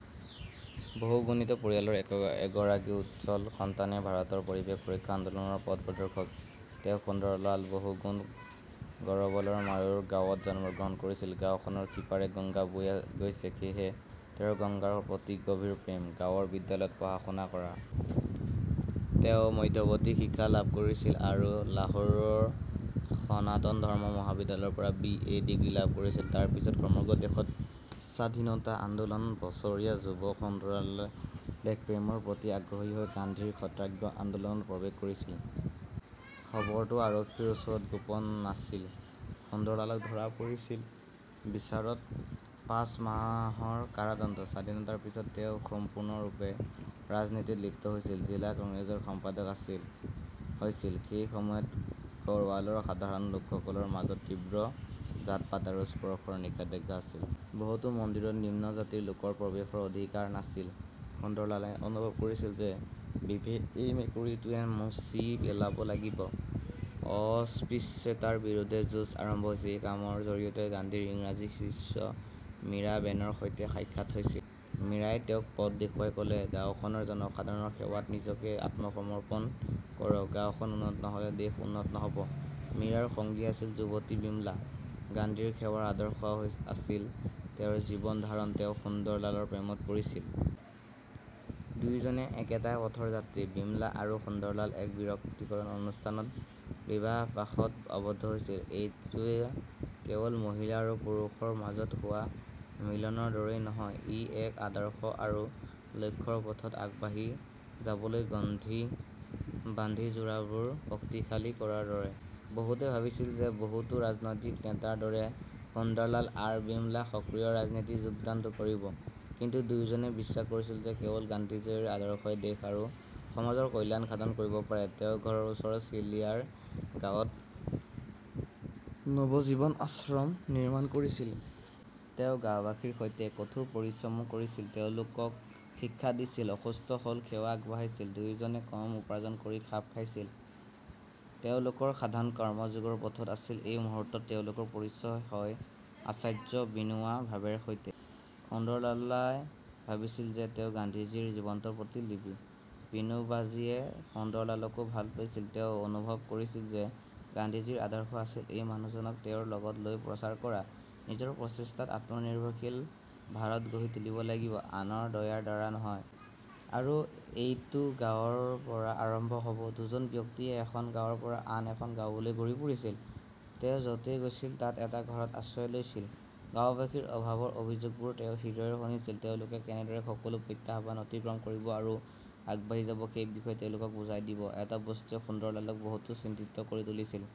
বহুগুণিত পৰিয়ালৰ এগৰাকী উজ্জ্বল সন্তানই ভাৰতৰ পৰিৱেশ সুৰক্ষা আন্দোলনৰ পথ প্ৰদৰ্শক। তেওঁ সুন্দৰলাল বহুগুণ। গড়বলৰ মাৰোৰা গাঁৱত জন্মগ্ৰহণ কৰিছিল। গাওঁখনৰ সিপাৰে গংগা বৈ গৈছে। সেয়েহে তেওঁৰ গংগাৰ প্ৰতি গভীৰ প্ৰেম, গাঁৱৰ বিদ্যালয়ত পঢ়া-শুনা কৰা। তেওঁ মধ্যৱৰ্তী শিক্ষা লাভ কৰিছিল আৰু লাহোৰৰ সনাতন ধৰ্ম মহাবিদ্যালয়ৰ পৰা বি. এ. ডিগ্ৰী লাভ কৰিছিল। তাৰ পিছত সমগ্ৰ দেশতে স্বাধীনতা আন্দোলন। বছৰীয়া যুৱ সুন্দৰলালে দেশপ্ৰেমৰ প্ৰতি আগ্ৰহী হৈ গান্ধীৰ সত্যাগ্ৰহ আন্দোলনত প্ৰৱেশ কৰিছিল। খবৰটো আৰক্ষীৰ ওচৰত গোপন নাছিল। সুন্দৰলালক ধৰা পৰিছিল। বিচাৰত পাঁচ মাহৰ কাৰাদণ্ড। স্বাধীনতাৰ পিছত তেওঁ সম্পূৰ্ণৰূপে ৰাজনীতিত লিপ্ত হৈছিল। জিলা কংগ্ৰেছৰ সম্পাদক হৈছিল, সেই সময়ত গড়ৱালৰ সাধাৰণ লোকসকলৰ মাজত তীব্ৰ জাতপাত আৰু স্পৰ্শৰ নিষেধাজ্ঞা আছিল। বহুতো মন্দিৰত নিম্ন জাতিৰ লোকৰ প্ৰৱেশৰ অধিকাৰ নাছিল। সুন্দৰলালই অনুভৱ কৰিছিল যে বিভেদে এই মেকুৰীটো মচি পেলাব লাগিব। অস্পৃশ্যতাৰ বিৰুদ্ধে যুঁজ আৰম্ভ হৈছে। এই কামৰ জৰিয়তে গান্ধীৰ ইংৰাজী শিষ্য মীৰা বেনৰ সৈতে সাক্ষাৎ হৈছিল। মীৰাই তেওঁক পথ দেখুৱাই ক 'লে গাওঁখনৰ জনসাধাৰণৰ সেৱাত নিজকে আত্মসমৰ্পণ কৰক। গাওঁখন উন্নত নহ'লে দেশ উন্নত নহ'ব। মীৰাৰ সঙ্গী আছিল যুৱতী বিমলা। গান্ধীৰ সেৱাৰ আদৰ্শ আছিল তেওঁৰ জীৱন ধাৰণ তেওঁ সুন্দৰলালৰ প্ৰেমত পৰিছিল। দুয়োজনেই একেটা পথৰ যাত্ৰী। বিমলা আৰু সুন্দৰলাল এক বিৰক্তিকৰ অনুষ্ঠানত বিবাহপাশত আবদ্ধ হৈছিল। এইটো কেৱল মহিলা আৰু পুৰুষৰ মাজত হোৱা মিলনৰ দৰেই নহয়, ই এক আদৰ্শ আৰু লক্ষ্যৰ পথত আগবাঢ়ি যাবলৈ গ্ৰন্থি বান্ধি যোৰাবোৰ শক্তিশালী কৰাৰ দৰে। বহুতে ভাবিছিল যে বহুতো ৰাজনৈতিক নেতাৰ দৰে সুন্দৰলাল আৰ. বিমলা সক্ৰিয় ৰাজনীতিত যোগদান কৰিব। কিন্তু দুয়োজনে বিশ্বাস কৰিছিল যে কেৱল গান্ধীজীৰ আদৰ্শই দেশ আৰু সমাজৰ কল্যাণ সাধন কৰিব পাৰে। তেওঁ ঘৰৰ ওচৰৰ চিলিয়াৰ গাঁৱত নবজীৱন আশ্ৰম নিৰ্মাণ কৰিছিল। তেওঁ গাওঁবাসীৰ সৈতে কঠোৰ পৰিশ্ৰম কৰিছিল, তেওঁলোকক শিক্ষা দিছিল, অসুস্থ হ'লে সেৱা আগবঢ়াইছিল। দুয়োজনে কম উপাৰ্জন কৰি খাপ খাইছিল। তেওঁলোকৰ সাধনা কৰ্মযোগৰ পথত আছিল। এই মুহূৰ্তত তেওঁলোকৰ পৰিচয় হয় আচাৰ্য বিনোবা ভাবেৰ সৈতে। সুন্দৰলালই ভাবিছিল যে তেওঁ গান্ধীজীৰ জীৱন্ত প্ৰতিলিপি। বিনোবাজীয়ে সুন্দৰলালকো ভাল পাইছিল। তেওঁ অনুভৱ কৰিছিল যে গান্ধীজীৰ আদৰ্শ আছিল এই মানুহজনক তেওঁৰ লগত লৈ প্ৰচাৰ কৰা। নিজৰ প্ৰচেষ্টাত আত্মনিৰ্ভৰশীল ভাৰত গঢ়ি তুলিব লাগিব, আনৰ দয়াৰ দ্বাৰা নহয়। আৰু এইটো গাঁৱৰ পৰা আৰম্ভ হ 'ব। দুজন ব্যক্তিয়ে এখন গাঁৱৰ পৰা আন এখন গাঁৱলৈ ঘূৰি ফুৰিছিল। তেওঁ য 'তেই গৈছিল তাত এটা ঘৰত আশ্ৰয় লৈছিল। গাওঁবাসীৰ অভাৱৰ অভিযোগবোৰ তেওঁ হৃদয়ৰে শুনিছিল। তেওঁলোকে কেনেদৰে সকলো প্ৰত্যাহ্বান অতিক্ৰম কৰিব আৰু আগবাঢ়ি যাব সেই বিষয়ে তেওঁলোকক বুজাই দিব। এটা বস্তুৱে সুন্দৰলালক বহুত চিন্তিত কৰি তুলিছিল।